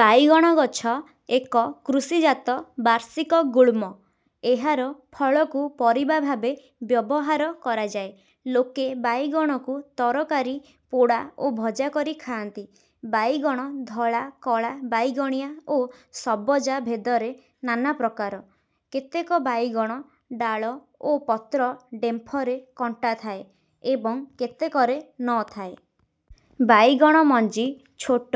ବାଇଗଣ ଗଛ ଏକ କୃଷି ଜାତ ବାର୍ଷିକ ଗୁଳ୍ମ। ଏହାର ଫଳକୁ ପରିବା ଭାବେ ବ୍ୟବହାର କରାଯାଏ। ଲୋକେ ବାଇଗଣକୁ ତରକାରୀ ପୋଡ଼ା ଓ ଭଜା କରି ଖାଆନ୍ତି। ବାଇଗଣ ଧଳା କଳା ବାଇଗଣିଆ ଓ ସବଜା ଭେଦରେ ନାନାପ୍ରକାର। କେତେକ ବାଇଗଣ ଡ଼ାଳ ଓ ପତ୍ର ଡ଼େମ୍ଫରେ କଣ୍ଟା ଥାଏ ଏବଂ କେତେକରେ ନ ଥାଏ। ବାଇଗଣ ମଞ୍ଜି ଛୋଟ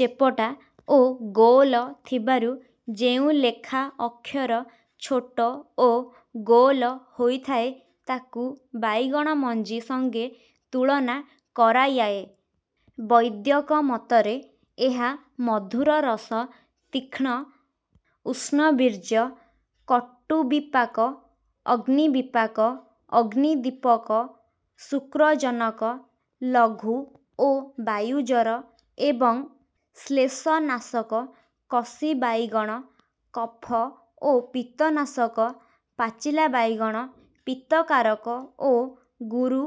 ଚେପଟା ଓ ଗୋଲ ଥିବାରୁ ଯେଉଁ ଲେଖା ଅକ୍ଷର ଛୋଟ ଓ ଗୋଲ ହୋଇ ଥାଏ ତାକୁ ବାଇଗଣ ମଞ୍ଜି ସଙ୍ଗେ ତୁଳନା କରାୟାଏ। ବୈଦ୍ୟକମତରେ ଏହା ମଧୁରରସ ତୀକ୍ଷ୍ଣ ଉଷ୍ଣବୀର୍ଯ୍ୟ କଟୁବିପାକ ଅଗ୍ନିବିପାକ ଅଗ୍ନିଦୀପକ ଶୁକ୍ରଜନକ ଲଘୁ ଓ ବାୟୁ ଜର ଏବଂ ଶ୍ଲେଷନାଶକ କଷି ବାଇଗଣ କଫ ଓ ପିତ୍ତନାଶକ ପାଚିଲା ବାଇଗଣ ପିତ୍ତକାରକ ଓ ଗୁରୁ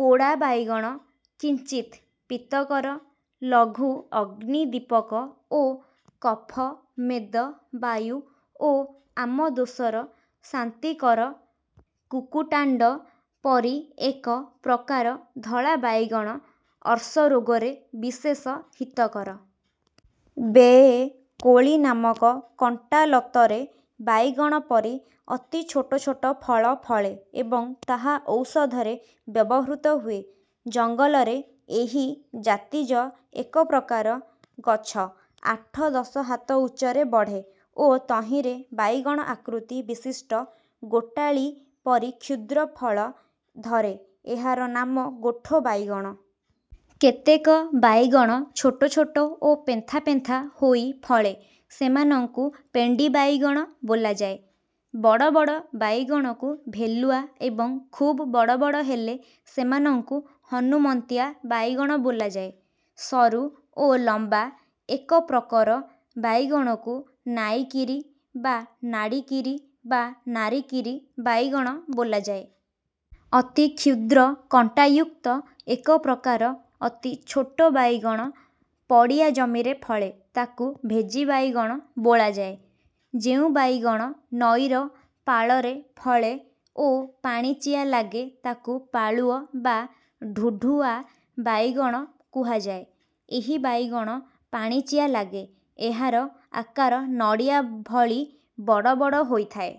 ପୋଡ଼ା ବାଇଗଣ କିଞ୍ଚିତ୍ ପିତ୍ତକର ଲଘୁ ଅଗ୍ନିଦୀପକ ଓ କଫ ମେଦ ବାୟୁ ଓ ଆମଦୋଷର ଶାନ୍ତିକର କୁକୁଟାଣ୍ଡ ପରି ଏକ ପ୍ରକାର ଧଳା ବାଇଗଣ ଅର୍ଶରୋଗରେ ବିଶେଷ ହିତକର। ବେଏ କୋଳି ନାମକ କଣ୍ଟାଲତରେ ବାଇଗଣ ପରି ଅତି ଛୋଟ ଛୋଟ ଫଳ ଫଳେ ଏବଂ ତାହା ଔଷଧରେ ବ୍ୟବହୃତ ହୁଏ। ଜଙ୍ଗଲରେ ଏହି ଜାତୀଯ ଏକପ୍ରକାର ଗଛ ଆଠ ଦଶ ହାତ ଉଚ୍ଚରେ ବଢ଼େ ଓ ତହିଁରେ ବାଇଗଣ ଆକୃତି ବିଶିଷ୍ଟ ଗୋଟାଳି ପରି କ୍ଷୁଦ୍ରଫଳ ଧରେ ଏହାର ନାମ ଗୋଠ ବାଇଗଣ। କେତେକ ବାଇଗଣ ଛୋଟ ଛୋଟ ଓ ପେନ୍ଥା ପେନ୍ଥା ହୋଇ ଫଳେ ସେମାନଙ୍କୁ ପେଣ୍ଡୀ ବାଇଗଣ ବୋଲାଯାଏ। ବଡ଼ ବଡ଼ ବାଇଗଣକୁ ଭେଲୁଆ ଏବଂ ଖୁବ୍ ବଡ଼ ବଡ଼ ହେଲେ ସେମାନଙ୍କୁ ହନୁମନ୍ତିଆ ବାଇଗଣ ବୋଲାଯାଏ। ସରୁ ଓ ଲମ୍ବା ଏକପ୍ରକର ବାଇଗଣକୁ ନାଇକିରି ବା ନାଡ଼ିକିରି ବା ନାରିକିରି ବାଇଗଣ ବୋଲାଯାଏ। ଅତି କ୍ଷୁଦ୍ର କଣ୍ଟାୟୁକ୍ତ ଏକପ୍ରକାର ଅତି ଛୋଟ ବାଇଗଣ ପଡ଼ିଆ ଜମିରେ ଫଳେ ତାକୁ ଭେଜୀବାଇଗଣ ବୋଳାଯାଏ। ଯେଉଁ ବାଇଗଣ ନଈର ପାଳରେ ଫଳେ ଓ ପାଣିଚିଆ ଲାଗେ ତାକୁ ପାଳୁଅ ବା ଢୁଢୁଆ ବାଇଗଣ କୁହାଯାଏ। ଏହି ବାଇଗଣ ପାଣିଚିଆ ଲାଗେ। ଏହାର ଆକାର ନଡ଼ିଆ ଭଳି ବଡ଼ ବଡ଼ ହୋଇଥାଏ।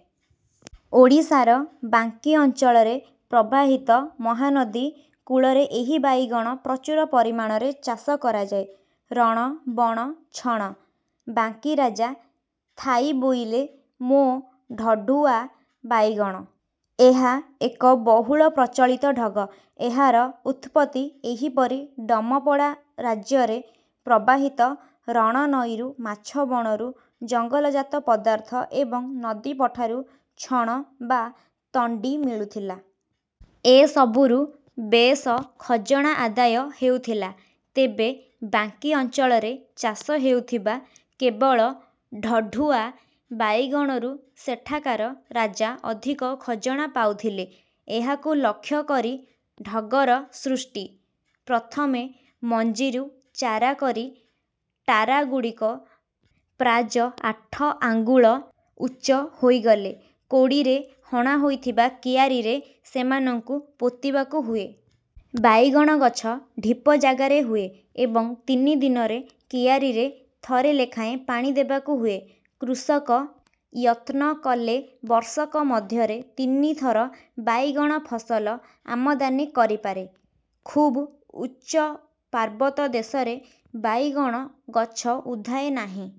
ଓଡ଼ିଶାର ବାଙ୍କୀ ଅଞ୍ଚଳରେ ପ୍ରବାହିତ ମହାନଦୀ କୂଳରେ ଏହି ବାଇଗଣ ପ୍ରଚୁର ପରିମାଣରେ ଚାଷ କରାଯାଏ। ରଣ ବଣ ଛଣ। ବାଙ୍କୀରାଜା ଥାଇବୋଇଲେ ମୋ ଢଢ଼ୁଆ ବାଇଗଣ।। ଏହା ଏକ ବହୁଳ ପ୍ରଚଳିତ ଢଗ। ଏହାର ଉତ୍ପତି ଏହିପରି ଡମପଡ଼ା ରାଜ୍ୟରେ ପ୍ରବାହିତ ରଣ ନଈରୁ ମାଛ ବଣରୁ ଜଙ୍ଗଲ ଜାତ ପଦାର୍ଥ ଏବଂ ନଦୀ ପଠାରୁ ଛଣ ବା ତଣ୍ଡି ମିଳୁଥିଲା। ଏ ସବୁରୁ ବେଶ ଖଜଣା ଆଦାୟ ହେଉଥିଲା। ତେବେ ବାଙ୍କୀ ଅଞ୍ଚଳରେ ଚାଷ ହେଉଥିବା କେବଳ ଢଢ଼ୁଆ ବାଇଗଣରୁ ସେଠାକାର ରାଜା ଅଧିକ ଖଜଣା ପାଉଥିଲେ। ଏହାକୁ ଲକ୍ଷ୍ୟ କରି ଢଗର ସୃଷ୍ଟି। ପ୍ରଥମେ ମଞ୍ଜିରୁ ଚାରା କରି ଟାରାଗୁଡ଼ିକ ପ୍ରାଯ ଆଠ ଆଙ୍ଗୁଳ ଉଚ୍ଚ ହୋଇଗଲେ କୋଡ଼ିରେ ହଣା ହୋଇଥିବା କିଆରିରେ ସେମାନଙ୍କୁ ପୋତିବାକୁ ହୁଏ। ବାଇଗଣ ଗଛ ଢ଼ିପ ଯାଗାରେ ହୁଏ ଏବଂ ତିନି ଦିନରେ କିଆରିରେ ଥରେ ଲେଖାଏଁ ପାଣି ଦେବାକୁ ହୁଏ। କୃଷକ ୟତ୍ନ କଲେ ବର୍ଷକ ମଧ୍ୟରେ ତିନିଥର ବାଇଗଣ ଫସଲ ଆମଦାନି କରି ପାରେ। ଖୁବ୍ ଉଚ୍ଚ ପାର୍ବତ ଦେଶରେ ବାଇଗଣ ଗଛ ଉଧାଏ ନାହିଁ।